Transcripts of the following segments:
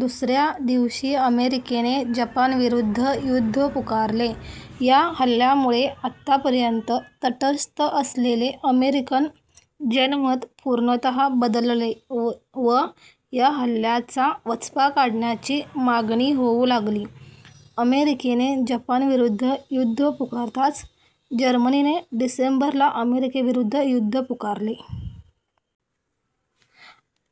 दुसऱ्या दिवशी अमेरिकेने जपानविरुद्ध युद्ध पुकारले. या हल्ल्यामुळे आत्तापर्यंत तटस्थ असलेले अमेरिकन जनमत पूर्णतः बदलले व या हल्ल्याचा वचपा काढण्याची मागणी होऊ लागली. अमेरिकेने जपानविरुद्ध युद्ध पुकारताच जर्मनीने डिसेंबर ला अमेरिकेविरुद्ध युद्ध पुकारले.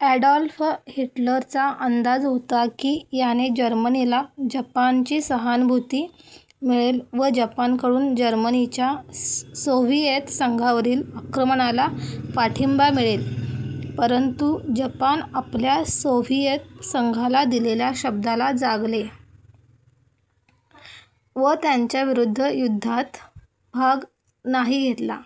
ॲडॉल्फ हिटलरचा अंदाज होता की याने जर्मनीला जपानची सहानुभूती मिळेल व जपानकडून जर्मनीच्या सोव्हिएत संघावरील आक्रमणाला पाठिंबा मिळेल. परंतु जपान आपल्या सोव्हिएत संघाला दिलेल्या शब्दाला जागले व त्यांच्याविरुद्ध युद्धात भाग नाही घेतला.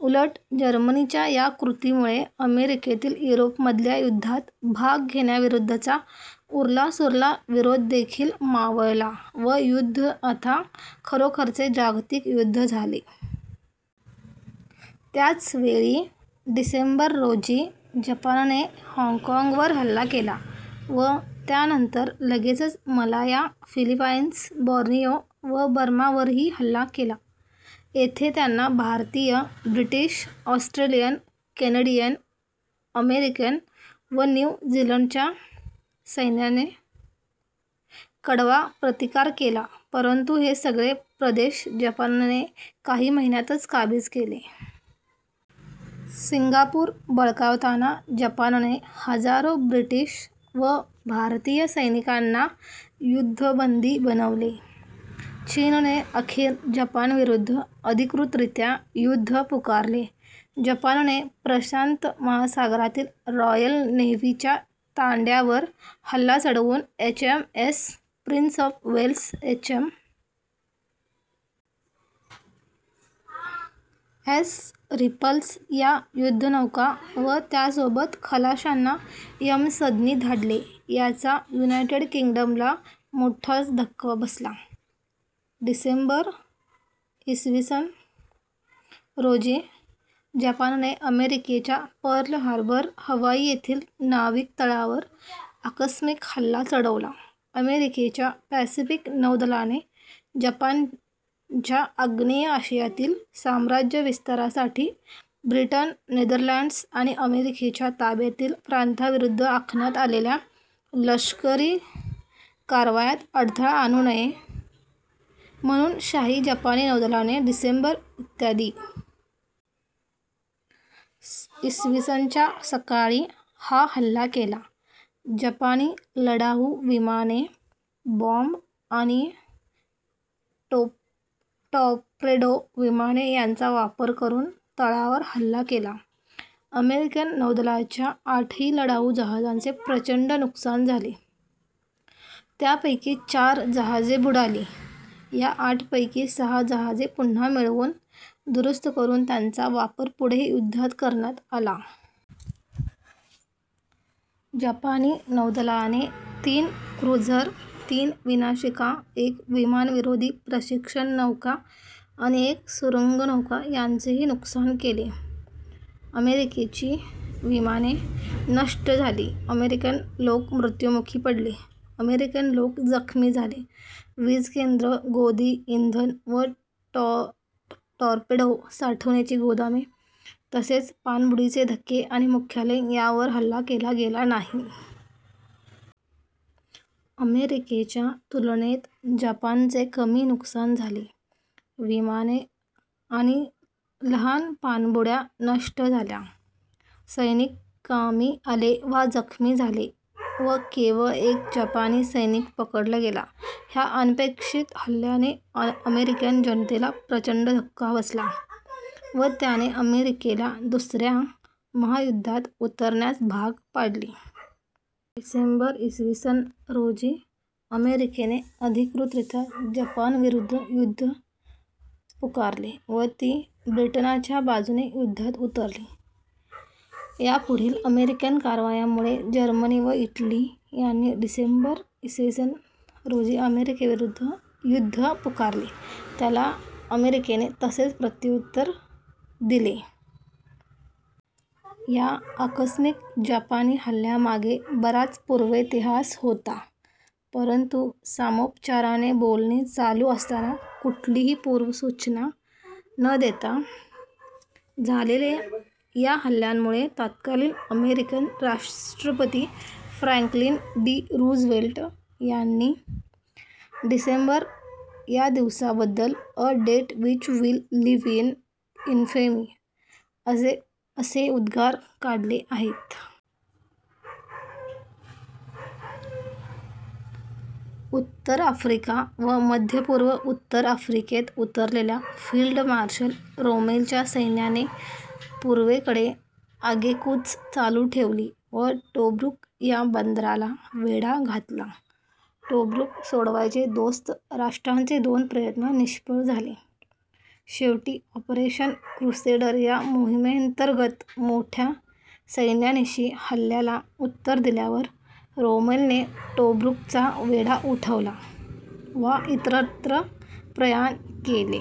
उलट, जर्मनीच्या या कृतीमुळे अमेरिकेतील युरोपमधल्या युद्धात भाग घेण्याविरुद्धचा उरलासुरला विरोधदेखील मावळला व युद्ध आता खरोखरचे जागतिक युद्ध झाले. त्याचवेळी डिसेंबर रोजी जपानने हॉंग कॉंगवर हल्ला केला व त्यानंतर लगेचच मलाया, फिलिपाईन्स, बॉर्नियो व बर्मावरही हल्ला केला. येथे त्यांना भारतीय, ब्रिटिश, ऑस्ट्रेलियन, केनेडीयन, अमेरिकन व न्यू झीलंडच्या सैन्याने कडवा प्रतिकार केला परंतु हे सगळे प्रदेश जपानने काही महिन्यातच काबीज केले. सिंगापूर बळकावताना जपानने हजारो ब्रिटिश व भारतीय सैनिकांना युद्धबंदी बनवले. चीनने अखेर जपानविरुद्ध अधिकृतरीत्या युद्ध पुकारले. जपानने प्रशांत महासागरातील रॉयल नेव्हीच्या तांड्यावर हल्ला चढवून H. M. S. Prince of Wales, H. M. S. Repulse या युद्धनौका व त्यासोबत खलाश्यांना यमसदनी धाडले. याचा युनायटेड किंग्डमला मोठाच धक्का बसला. डिसेंबर, इ. स. रोजी जपानाने अमेरिकेच्या पर्ल हार्बर, हवाई येथील नाविक तळावर आकस्मिक हल्ला चढवला. अमेरिकेच्या पॅसिफिक नौदलाने जपानाच्या आग्नेय आशियातील साम्राज्यविस्तारासाठी ब्रिटन, नेदरलँड्स् आणि अमेरिकेच्या ताब्यातील प्रांतांविरुद्ध आखण्यात आलेल्या लष्करी कारवायांत अडथळा आणू नये, म्हणून शाही जपानी नौदलाने डिसेंबर, इ. स. च्या सकाळी हा हल्ला केला. जपानी लढाऊ विमाने, बॉंब आणि टॉर्पेडो विमाने यांचा वापर करून तळावर हल्ला केला. अमेरिकन नौदलाच्या आठही लढाऊ जहाजांचे प्रचंड नुकसान झाले. त्यांपैकी चार जहाजे बुडाली. या आठपैकी सहा जहाजे पुन्हा मिळवून्, दुरुस्त करून त्यांचा वापर पुढे युद्धात करण्यात आला. जपानी नौदलाने तीन क्रूझर, तीन विनाशिका, एक विमानविरोधी प्रशिक्षण नौका आणि एक सुरूंगनौका यांचेही नुकसान केले. अमेरिकेची विमाने नष्ट झाली, अमेरिकन लोक मृत्युमुखी पडले, अमेरिकन लोक जखमी झाले. वीजकेंद्र, गोदी, इंधन व टॉर्पेडो साठवण्याची गोदामे तसेच, पाणबुडीचे धक्के आणि मुख्यालय यांवर हल्ला केला गेला नाही. अमेरिकेच्या तुलनेत जपानाचे कमी नुकसान झाले: विमाने आणि लहान पाणबुड्या नष्ट झाल्या, सैनिक कामी आले वा जखमी झाले व केवळ् एक जपानी सैनिक पकडला गेला. ह्या अनपेक्षित हल्ल्याने अमेरिकन जनतेला प्रचंड धक्का बसला व त्याने अमेरिकेला दुसऱ्या महायुद्धात उतरण्यास भाग पाडले. डिसेंबर, इ. स. रोजी अमेरिकेने अधिकृतरीत्या जपानाविरुद्ध युद्ध पुकारले व ती ब्रिटनाच्या बाजूने युद्धात उतरली. यापुढील अमेरिकन कारवायांमुळे जर्मनी व इटली यांनी डिसेंबर, इ. स. रोजी अमेरिकेविरुद्ध युद्ध पुकारले. त्याला अमेरिकेने तसेच प्रत्युत्तर दिले. या आकस्मिक जपानी हल्ल्यामागे बराच पूर्वेतिहास होता, परंतु, सामोपचाराने बोलणी चालू असताना, कुठलीली पूर्वसूचना न देता झालेल्या ह्या हल्ल्यामुळे तत्कालीन अमेरिकन साष्ट्रपती फ्रॅंकलिन डी. रूझवेल्ट यांनी डिसेंबर, या दिवसाबद्दल 'a date which will live in infamy' असे उद्गार काढले आहेत. उत्तर आफ्रिका व मध्यपूर्व उत्तर आफ्रिकेत उतरलेल्या फील्ड मार्शल रोमेलच्या सैन्याने पूर्वेकडे आगेकूच चालू ठेवली व टोब्रुक या बंदराला वेढा घातला. टोब्रुक सोडवायचे दोस्त राष्ट्रांचे दोन प्रयत्न निष्फळ झाले शेवटी ऑपरेशन क्रुसेडर या मोहीमेंतर्गत मोठ्या सैन्यानिशी हल्ल्याला उत्तर दिल्यावर रोमेलने टोब्रुकचा वेढा उठवला वा इतरत्र प्रयाण केले.